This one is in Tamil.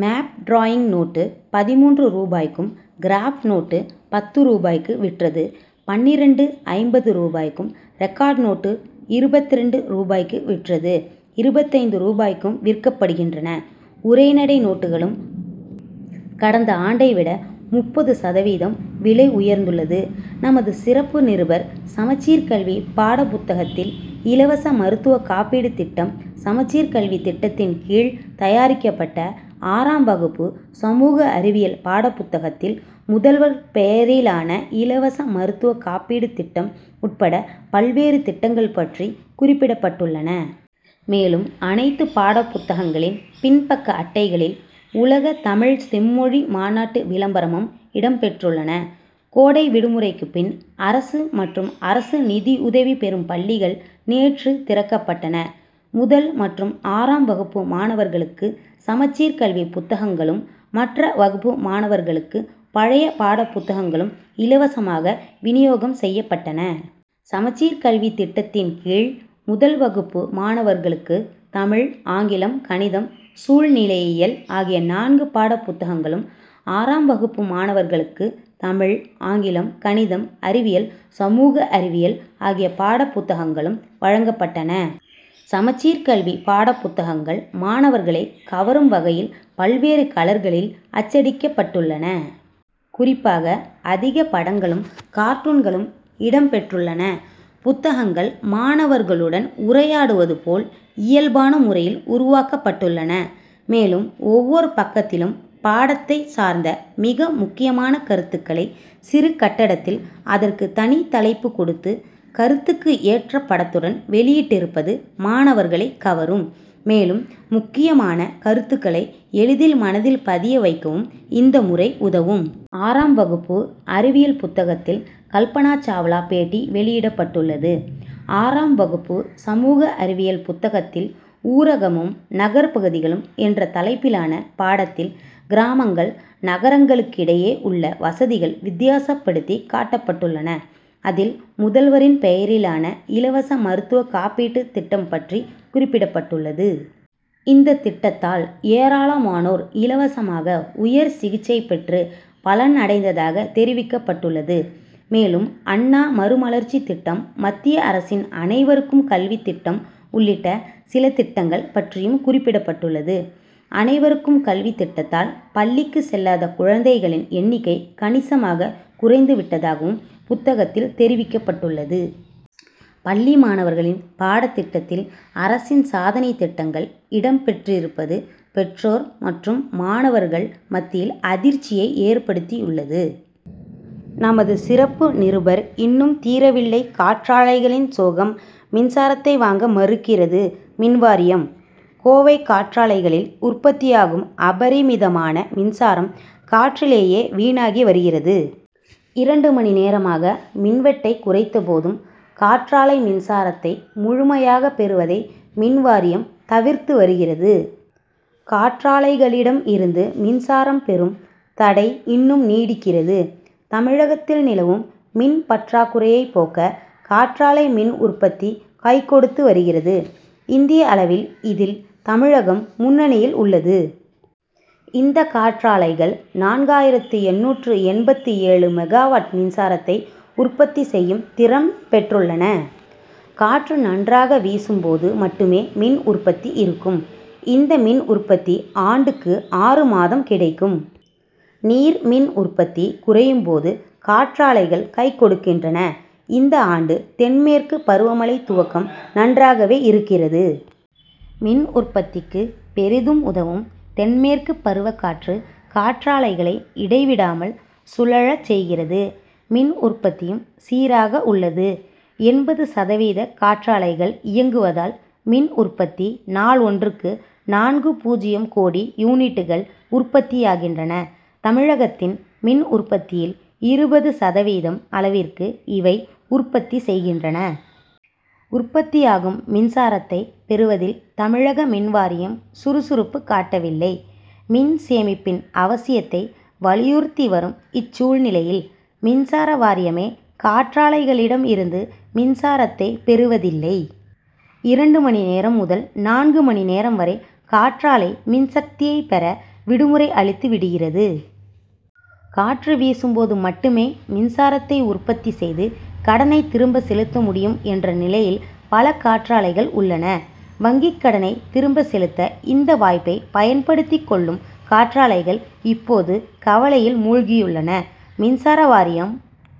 மேப் டிராயிங் நோட்டு, பதின்மூன்று ரூபாய்க்கும், கிராப் நோட்டு, பத்து ரூபாய்க்கு விற்றது பன்னிரண்டு.ஐம்பது ரூபாய்க்கும், ரெக்கார்டு நோட்டு, இருபத்திரண்டு ரூபாய்க்கு விற்றது இருபத்தைந்து ரூபாய்க்கும் விற்கப்படுகின்றன. உரைநடை நோட்டுகளும், கடந்த ஆண்டை விட முப்பது சதவீதம் விலை உயர்ந்துள்ளது. நமது சிறப்பு நிருபர் சமச்சீர் கல்வி பாடப்புத்தகத்தில் இலவச மருத்துவ காப்பீட்டு திட்டம் சமச்சீர் கல்வி திட்டத்தின் கீழ், தயாரிக்கப்பட்ட ஆறாம் வகுப்பு சமூக அறிவியல் பாடப்புத்தகத்தில், முதல்வர் பெயரிலான இலவச மருத்துவ காப்பீட்டு திட்டம் உட்பட பல்வேறு திட்டங்கள் பற்றி குறிப்பிடப்பட்டுள்ளன. மேலும், அனைத்து பாடப் புத்தகங்களின் பின்பக்க அட்டைகளில், உலக தமிழ் செம்மொழி மாநாட்டு விளம்பரமும் இடம் பெற்றுள்ளன. கோடை விடுமுறைக்கு பின், அரசு மற்றும் அரசு நிதியுதவி பெறும் பள்ளிகள் நேற்று திறக்கப்பட்டன. முதல் மற்றும் ஆறாம் வகுப்பு மாணவர்களுக்கு, சமச்சீர் கல்வி புத்தகங்களும், மற்ற வகுப்பு மாணவர்களுக்கு பழைய பாடப் புத்தகங்களும் இலவசமாக வினியோகம் செய்யப்பட்டன. சமச்சீர் கல்வி திட்டத்தின் கீழ், முதல் வகுப்பு மாணவர்களுக்கு தமிழ், ஆங்கிலம், கணிதம், சூழ்நிலையியல் ஆகிய நான்கு பாடப் புத்தகங்களும், ஆறாம் வகுப்பு மாணவர்களுக்கு தமிழ், ஆங்கிலம், கணிதம், அறிவியல், சமூக அறிவியல் ஆகிய பாடப் புத்தகங்களும் வழங்கப்பட்டன. சமச்சீர் கல்வி பாடப் புத்தகங்கள், மாணவர்களை கவரும் வகையில், பல்வேறு கலர்களில் அச்சடிக்கப்பட்டுள்ளன. குறிப்பாக, அதிக படங்களும், கார்ட்டூன்களும் இடம் பெற்றுள்ளன. புத்தகங்கள், மாணவர்களுடன் உரையாடுவது போல், இயல்பான முறையில் உருவாக்கப்பட்டுள்ளன. மேலும், ஒவ்வொரு பக்கத்திலும், பாடத்தைச் சார்ந்த மிக முக்கியமான கருத்துக்களை, சிறு கட்டத்தில் அதற்கு தனிதலைப்பு கொடுத்து, கருத்துக்கு ஏற்ற படத்துடன் வெளியிட்டிருப்பது மாணவர்களைக் கவரும். மேலும், முக்கியமான கருத்துக்களை எளிதில் மனதில் பதிய வைக்கவும், இந்த முறை உதவும். ஆறாம் வகுப்பு அறிவியல் புத்தகத்தில், கல்பனா சாவ்லா பேட்டி வெளியிடப்பட்டுள்ளது. ஆறாம் வகுப்பு சமூக அறிவியல் புத்தகத்தில், ஊரகமும் நகர்பகுதிகளும்' என்ற தலைப்பிலான பாடத்தில், கிராமங்கள், நகரங்களுக்கிடையே உள்ள வசதிகள் வித்தியாசப்படுத்தி காட்டப்பட்டுள்ளன. அதில், முதல்வரின் பெயரிலான இலவச மருத்துவ காப்பீட்டு திட்டம் பற்றி குறிப்பிடப்பட்டுள்ளது. இந்த திட்டத்தால், ஏராளமானோர் இலவசமாக உயர் சிகிச்சை பெற்று பலனடைந்ததாக தெரிவிக்கப்பட்டுள்ளது. மேலும், அண்ணா மறுமலர்ச்சி திட்டம், மத்திய அரசின் அனைவருக்கும் கல்வி திட்டம் உள்ளிட்ட சில திட்டங்கள் பற்றியும் குறிப்பிடப்பட்டுள்ளது. அனைவருக்கும் கல்வி திட்டத்தால், பள்ளிக்கு செல்லாத குழந்தைகளின் எண்ணிக்கை கணிசமாக குறைந்து விட்டதாகவும், புத்தகத்தில் தெரிவிக்கப்பட்டுள்ளது. பள்ளி மாணவர்களின் பாடத் திட்டத்தில் அரசின் சாதனை திட்டங்கள் இடம்பெற்றிருப்பது பெற்றோர் மற்றும் மாணவர்கள் மத்தியில் அதிர்ச்சியை ஏற்படுத்தியுள்ளது. நமது சிறப்பு நிருபர் இன்னும் தீரவில்லை காற்றாலைகளின் சோகம் மின்சாரத்தை வாங்க மறுக்கிறது மின்வாரியம் கோவை காற்றாலைகளில் உற்பத்தியாகும் அபரிமிதமான மின்சாரம், காற்றிலேயே வீணாகி வருகிறது. இரண்டு மணி நேரமாக மின்வெட்டை குறைத்தபோதும், காற்றாலை மின்சாரத்தை முழுமையாக பெறுவதை மின்வாரியம் தவிர்த்து வருகிறது. காற்றாலைகளிடம் இருந்து மின்சாரம் பெறும் தடை இன்னும் நீடிக்கிறது. தமிழகத்தில் நிலவும் மின் பற்றாக்குறையை போக்க காற்றாலை மின் உற்பத்தி கைகொடுத்து வருகிறது. இந்திய அளவில், இதில் தமிழகம் முன்னணியில் உள்ளது. இந்த காற்றாலைகள், நான்காயிரத்து எண்ணூற்று எண்பத்து ஏழு மெகாவாட் மின்சாரத்தை உற்பத்தி செய்யும் திறன் பெற்றுள்ளன. காற்று நன்றாக வீசும்போது மட்டுமே மின் உற்பத்தி இருக்கும். இந்த மின் உற்பத்தி ஆண்டுக்கு ஆறுமாதம் கிடைக்கும். நீர்மின் உற்பத்தி குறையும்போது, காற்றாலைகள் கைகொடுக்கின்றன. இந்த ஆண்டு தென்மேற்கு பருவமழை துவக்கம் நன்றாகவே இருக்கிறது. மின் உற்பத்திக்கு பெரிதும் உதவும் தென்மேற்கு பருவக்காற்று, காற்றாலைகளை இடைவிடாமல் சுழலச் செய்கிறது. மின் உற்பத்தியும் சீராக உள்ளது. எண்பது சதவீத காற்றாலைகள் இயங்குவதால், மின் உற்பத்தி நாள் ஒன்றுக்கு நான்கு.பூஜ்ஜியம் கோடி யூனிட்டுகள் உற்பத்தியாகின்றன. தமிழகத்தின் மின் உற்பத்தியில் இருபது சதவீதம் அளவிற்கு இவை உற்பத்தி செய்கின்றன. உற்பத்தியாகும் மின்சாரத்தை பெறுவதில் தமிழக மின்வாரியம் சுறுசுறுப்பு காட்டவில்லை. மின் சேமிப்பின் அவசியத்தை வலியுறுத்தி வரும் இச்சூழ்நிலையில், மின்சார வாரியமே காற்றாலைகளிடம் இருந்து மின்சாரத்தை பெறுவதில்லை. இரண்டு மணி நேரம் முதல் நான்கு மணி நேரம் வரை காற்றாலை மின்சக்தியை பெற, விடுமுறை' அளித்து விடுகிறது. காற்று வீசும்போது மட்டுமே, மின்சாரத்தை உற்பத்திசெய்து, கடனை திரும்ப செலுத்த முடியும் என்ற நிலையில் பல காற்றாலைகள் உள்ளன. வங்கிக் கடனை திரும்ப செலுத்த இந்த வாய்ப்பை பயன்படுத்திக் கொள்ளும் காற்றாலைகள் இப்போது கவலையில் மூழ்கியுள்ளன. மின்சார வாரியம்,